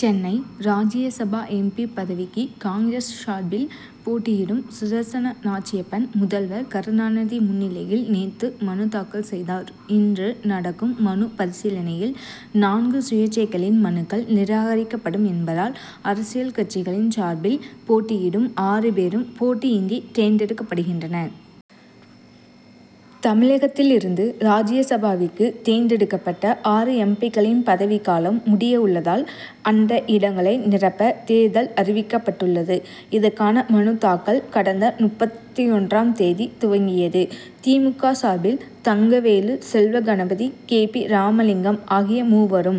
Chennai Rajya Sabha M. P. பதவிக்கு Congress சார்பில் போட்டியிடும் சுதர்சன நாச்சியப்பன், முதல்வர் கருணாநிதி முன்னிலையில் நேற்று மனு தாக்கல் செய்தார். இன்று நடக்கும் மனு பரிசீலனையில், நான்கு சுயேச்சைகளின் மனுக்கள் நிராகரிக்கப்படும் என்பதால், அரசியல் கட்சிகளின் சார்பில் போட்டியிடும் ஆறு பேரும் போட்டியின்றி தேர்ந்தெடுக்கப்படுகின்றனர். தமிழகத்திலிருந்து ராஜ்யசபாவிற்கு தேர்ந்தெடுக்கப்பட்ட ஆறு எம். பி.க்களின் பதவிக்காலம் முடிய உள்ளதால், அந்த இடங்களை நிரப்ப தேர்தல் அறிவிக்கப்பட்டுள்ளது. இதற்கான மனு தாக்கல், கடந்த முப்பத்தொன்றாம் தேதி துவங்கியது. தி. மு. க. சார்பில், தங்கவேலு, செல்வகணபதி, கே. பி. ராமலிங்கம் ஆகிய மூவரும்,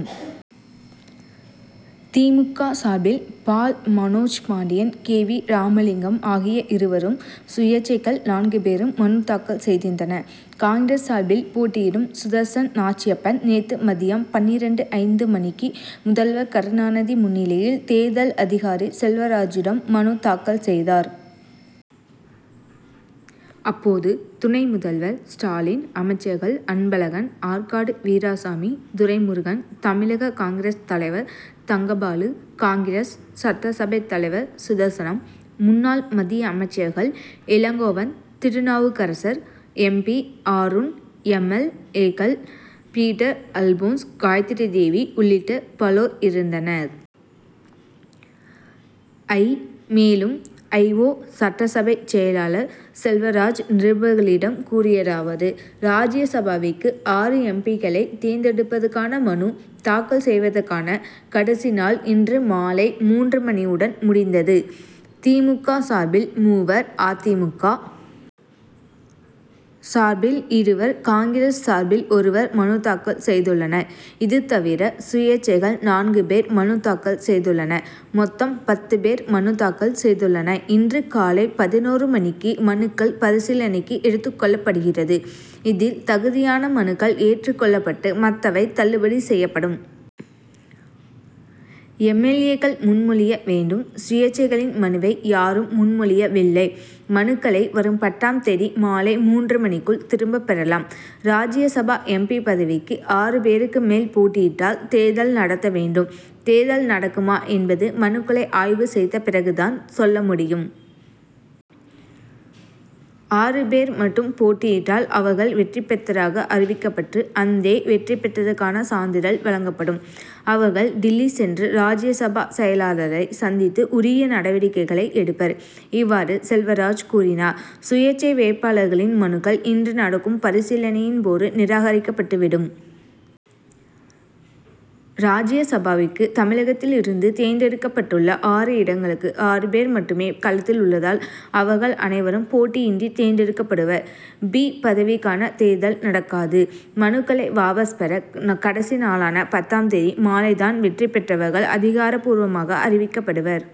தி. மு. க. சார்பில் பால் மனோஜ் பாண்டியன், கே. வி. ராமலிங்கம் ஆகிய இருவரும், சுயேச்சைகள் நான்கு பேரும் மனு தாக்கல் செய்திருந்தனர். காங்கிரஸ் சார்பில் போட்டியிடும் சுதர்சன நாச்சியப்பன் நேற்று மதியம் பன்னிரண்டு ஐந்து மணிக்கு, முதல்வர் கருணாநிதி முன்னிலையில், தேர்தல் அதிகாரி செல்வராஜிடம் மனு தாக்கல் செய்தார். அப்போது துணை முதல்வர் ஸ்டாலின், அமைச்சர்கள் அன்பழகன், ஆற்காடு வீராசாமி, துரைமுருகன், தமிழக காங்கிரஸ் தலைவர் தங்கபாலு, காங்கிரஸ் சட்டசபை தலைவர் சுதர்சனம், முன்னாள் மத்திய அமைச்சர்கள் Elangovan, Thirunavukkarasar, M. P., Aaroon, M. L. ஏ.,க்கள் பீட்டர் அல்போன்ஸ், காயத்ரிதேவி உள்ளிட்ட பலோர் இருந்தனர். ஐ. மேலும், ஐ. ஓ. சட்டசபை செயலர் செல்வராஜ், நிருபர்களிடம் கூறியதாவது ராஜ்யசபாவிற்கு ஆறு எம். பி.,க்களை தேர்ந்தெடுப்பதற்கான மனு தாக்கல் செய்வதற்கான கடைசி நாள் இன்று மாலை மூன்று மணியுடன் முடிந்தது. தி. மு. க. சார்பில் மூவர், அ. தி. மு. க. சார்பில் இருவர், காங்கிரஸ் சார்பில் ஒருவர் மனு தாக்கல் செய்துள்ளனர். இதுதவிர, சுயேச்சைகள் நான்கு பேர் மனு தாக்கல் செய்துள்ளனர். மொத்தம் பத்து பேர் மனு தாக்கல் செய்துள்ளனர். இன்று காலை பதினொரு மணிக்கு, மனுக்கள் பரிசீலனைக்கு எடுத்துக் கொள்ளப்படுகிறது. இதில் தகுதியான மனுக்கள் ஏற்றுக் கொள்ளப்பட்டு, மற்றவை தள்ளுபடி செயப்படும். எம்.எல். ஏ.,க்கள் முன்மொழிய வேண்டும். சுயேச்சைகளின் மனுவை யாரும் முன்மொழியவில்லை. மனுக்களை வரும் பத்தாம் தேதி மாலை மூன்று மணிக்குள் திரும்பப் பெறலாம். ராஜ்யசபா எம். பி., பதவிக்கு ஆறு பேருக்கு மேல் பேட்டியிட்டால் தேர்தல் நடத்த வேண்டும். தேர்தல் நடக்குமா என்பது மனுக்களை ஆய்வு செய்த பிறகு தான் சொல்ல முடியும். ஆறு பேர் மட்டும் போட்டியிட்டால், அவர்கள் வெற்றி பெற்றதாக அறிவிக்கப்பட்டு, அன்றே வெற்றி பெற்றதற்கான சான்றிதழ் வழங்கப்படும். அவர்கள் டில்லி சென்று ராஜ்யசபா செயள்ளாளரை சந்தித்து உரிய நடவடிக்கைகளை எடுப்பர். இவ்வாறு செல்வராஜ் கூறினார். சுயேச்சை வேட்பாளர்களின் மனுக்கள் இன்று நடக்கும் பரிசீலனையின் போது நிராகரிக்கப்பட்டுவிடும். ராஜ்யசபாவிற்கு தமிழகத்திலிருந்து தேர்ந்தெடுக்கப்படவுள்ள ஆறு இடங்களுக்கு, ஆறு பேர் மட்டுமே களத்தில் உள்ளதால், அவர்கள் அனைவரும் போட்டியின்றி தேர்ந்தெடுக்கப்படுவர். பி., பதவிக்கான தேர்தல் நடக்காது. மனுக்களை வாபஸ் பெற கடைசி நாளான பத்தாம் தேதி மாலை தான் வெற்றி பெற்றவர்கள் அதிகாரப்பூர்வமாக அறிவிக்கப்படுவர்.